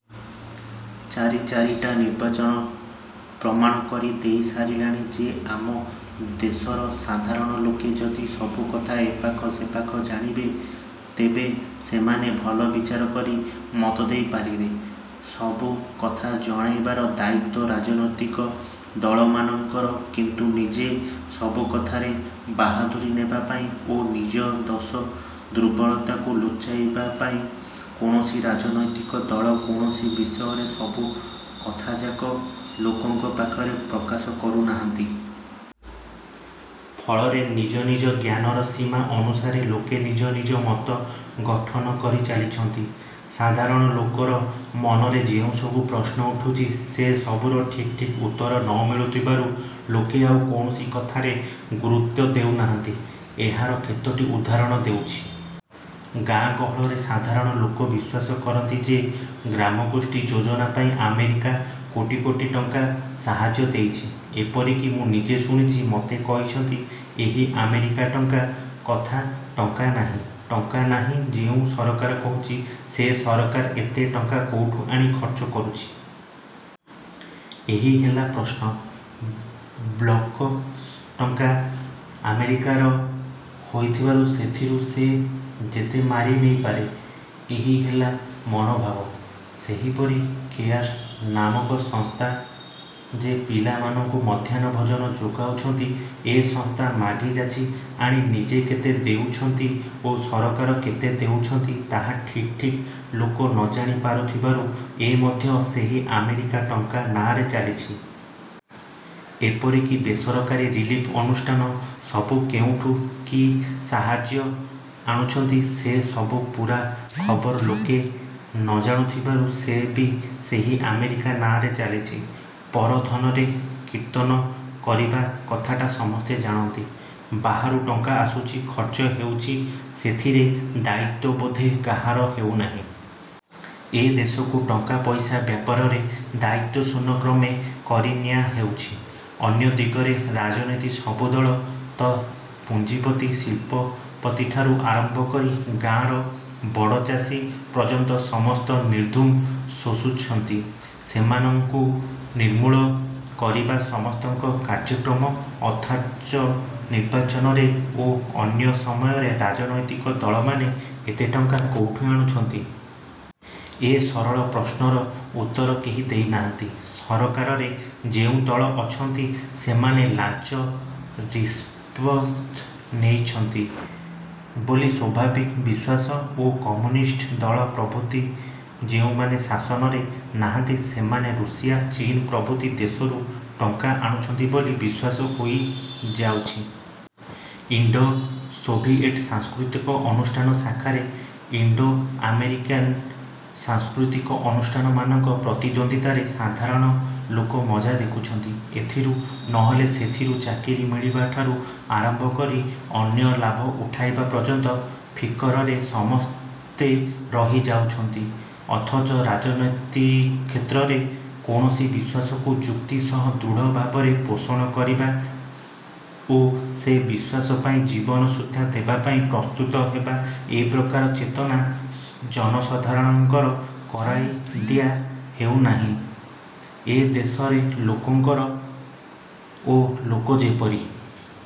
ଚାରି ଚାରିଟା ନିର୍ବାଚନ ପ୍ରମାଣ କରି ଦେଇ ସାରିଲାଣି ଯେ ଆମ ଦେଶର ସାଧାରଣ ଲୋକେ ଯଦି ସବୁ କଥା ଏପାଖ ସେପାଖ ଜାଣିବେ, ତେବେ ସେମାନେ ଭଲ ବିଚାର କରି ମତ ଦେଇ ପାରିବେ। ସବୁ କଥା ଜଣାଇବାର ଦାୟିତ୍ୱ ରାଜନୈତିକ ଦଳମାନଙ୍କର; କିନ୍ତୁ ନିଜେ ସବୁ କଥାରେ ବାହାଦୁରି ନେବା ପାଇଁ ଓ ନିଜ ଦୋଷ ଦୁର୍ବଳତାକୁ ଲୁଚାଇବା ପାଇଁ କୌଣସି ରାଜନୈତିକ ଦଳ କୌଣସି ବିଷୟର ସବୁ କଥାଯାକ ଲୋକଙ୍କ ପାଖରେ ପ୍ରକାଶ କରୁନାହାନ୍ତି। ଫଳରେ ନିଜ ନିଜ ଜ୍ଞାନର ସୀମା ଅନୁସାରେ ଲୋକେ ନିଜ ନିଜ ମତ ଗଠନକରି ଚାଲିଛନ୍ତି। ସାଧାରଣ ଲୋକର ମନରେ ଯେଉଁସବୁ ପ୍ରଶ୍ନ ଉଠୁଛି ସେ ସବୁର ଠିକ୍ ଠିକ୍ ଉତ୍ତର ନ ମିଳୁଥିବାରୁ ଲୋକେ ଆଉ କୌଣସି କଥାରେ ଗୁରୁତ୍ୱ ଦେଉ ନାହାନ୍ତି। ଏହାର କେତୋଟି ଉଦାହରଣ ଦେଉଛି। ଗାଁ ଗହଳରେ ସାଧାରଣ ଲୋକ ବିଶ୍ୱାସ କରନ୍ତି ଯେ ଗ୍ରାମଗୋଷ୍ଠୀ ଯୋଜନାପାଇଁ ଆମେରିକା କୋଟି କୋଟି ଟଙ୍କା ସାହାଯ୍ୟ ଦେଇଛି। ଏପରିକି ମୁଁ ନିଜେ ଶୁଣିଛି, ମୋତେ କହିଛନ୍ତି ଏହି ଆମେରିକା ଟଙ୍କା କଥା। ଟଙ୍କା ନାହିଁ, ଟଙ୍କା ନାହିଁ ଯେଉଁ ସରକାର କହୁଛି, ସେ ସରକାର ଏତେ ଟଙ୍କା କେଉଁଠୁ ଆଣି ଖର୍ଚ୍ଚ କରୁଛି? ଏହି ହେଲା ପ୍ରଶ୍ନ। ବ୍ଲକ ଟଙ୍କା ଆମେରିକାର ହୋଇଥିବାରୁ ସେଥିରୁ ସେ ଯେତେ ମାରି ନେଇପାରେ। ଏହି ହେଲା ମନୋଭାବ। ସେହିପରି କେୟାର ନାମକ ସଂସ୍ଥା ଯେ ପିଲାମାନଙ୍କୁ ମଧ୍ୟାହ୍ନ ଭୋଜନ ଯୋଗାଉଛନ୍ତି। ଏ ସଂସ୍ଥା ମାଗିଯାଚି ଆଣି ନିଜେ କେତେ ଦେଉଛନ୍ତି ଓ ସରକାର କେତେ ଦେଉଛନ୍ତି ତାହା ଠିକ୍ ଠିକ୍ ଲୋକେ ନ ଜାଣି ପାରୁଥିବାରୁ ଏ ମଧ୍ୟ ସେହି ଆମେରିକା ଟଙ୍କା ନାଁରେ ଚାଲିଛି। ଏପରିକି ବେସରକାରୀ ରିଲିଫ ଅନୁଷ୍ଠାନ ସବୁ କେଉଁଠୁ କି ସାହାଯ୍ୟ ଆଣୁଛନ୍ତି, ସେ ସବୁର ପୂରା ଖବର ଲୋକେ ନଜାଣୁଥିବାରୁ ସେ ବି ସେହି ଆମେରିକା ନାଁରେ ଚାଲିଛି। ପର ଧନରେ କୀର୍ତ୍ତନ କରିବା କଥାଟା ସମସ୍ତେ ଜାଣନ୍ତି। ବାହାରୁ ଟଙ୍କା ଆସୁଛି, ଖର୍ଚ୍ଚ ହେଉଛି, ସେଥିରେ ଦାୟିତ୍ୱବୋଧ କାହାରି ହେଉନାହିଁ। ଏ ଦେଶକୁ ଟଙ୍କାପଇସା ବ୍ୟାପାରରେ ଦାୟିତ୍ୱଶୂନ୍ୟ କ୍ରମେ କରିନିଆହେଉଛି। ଅନ୍ୟ ଦିଗରେ ରାଜନୀତି। ସବୁ ଦଳ। ତ ପୁଞ୍ଜିପତି, ଶିଳ୍ପପତିଠାରୁ ଆରମ୍ଭକରି ଗାଁର ବଡ଼ ଚାଷୀ ପର୍ଯ୍ୟନ୍ତ ସମସ୍ତଙ୍କୁ ନିର୍ଧୁମ୍ ଶୋଷୁଛନ୍ତି। ସେମାନଙ୍କୁ ନିର୍ମୂଳ କରିବା ସମସ୍ତଙ୍କର କାର୍ଯ୍ୟକ୍ରମ; ଅଥଚ ନିର୍ବାଚନରେ ଓ ଅନ୍ୟ ସମୟରେ ରାଜନୈତିକ ଦଳମାନେ ଏତେ ଟଙ୍କା କେଉଁଠୁ ଆଣୁଛନ୍ତି? ଏ ସରଳ ପ୍ରଶ୍ନର ଉତ୍ତର କେହି ଦେଇନାହାନ୍ତି। ସରକାରରେ ଯେଉଁ ଦଳ ଅଛନ୍ତି, ସେମାନେ ଲାଞ୍ଚ ରିସ୍ପତ ନେଇଛନ୍ତ ବୋଲି ସ୍ୱାଭାବିକ ବିଶ୍ୱାସ ଓ କମ୍ୟୁନିଷ୍ଟ ଦଳ ପ୍ରଭୃତି ଯେଉଁମାନେ ଶାସନରେ ନାହାନ୍ତି, ସେମାନେ ରୁଷିଆ, ଚୀନ ପ୍ରଭୃତି ଦେଶରୁ ଟଙ୍କା ଆଣୁଛନ୍ତି ବୋଲି ବିଶ୍ୱାସ ହୋଇଯାଉଛି। ଇଣ୍ଡୋ-ସୋଭିଏଟ ସାଂସ୍କୃତିକ ଅନୁଷ୍ଠାନ ଶାଖାରେ ଇଣ୍ଡୋଆମେରିକାନ ସାଂସ୍କୃତିକ ଅନୁଷ୍ଠାନମାନଙ୍କର ପ୍ରତିଦ୍ୱନ୍ଦ୍ୱିତାରେ ସାଧାରଣ ଲୋକ ମଜା ଦେଖୁଛନ୍ତି। ଏଥିରୁ ନ ହେଲେ ସେଥିରୁ ଚାକିରି ମିଳିବାଠାରୁ ଆରମ୍ଭ କରି ଅନ୍ୟ ଲାଭ ଉଠାଇବା ପର୍ଯ୍ୟନ୍ତ ଫିକରରେ ସମସ୍ତେ ରହି ଯାଉଛନ୍ତି; ଅଥଚ ରାଜନୀତିକ୍ଷେତ୍ରରେ କୌଣସି ବିଶ୍ୱାସକୁ ଯୁକ୍ତି ସହ ଦୃଢ଼ ଭାବରେ ପୋଷଣ କରିବା ଓ ସେ ବିଶ୍ୱାସ ପାଇଁ ଜୀବନ ସୁଦ୍ଧା ଦେବାପାଇଁ ପ୍ରସ୍ତୁତ ହେବା ଏପ୍ରକାର ଚେତନା ଜନସାଧାରଣଙ୍କର କରାଇ ଦିଆ ହେଉନାହିଁ। ଏ ଦେଶରେ ଲୋକଙ୍କର ଓ ଲୋକେ ଯେପରି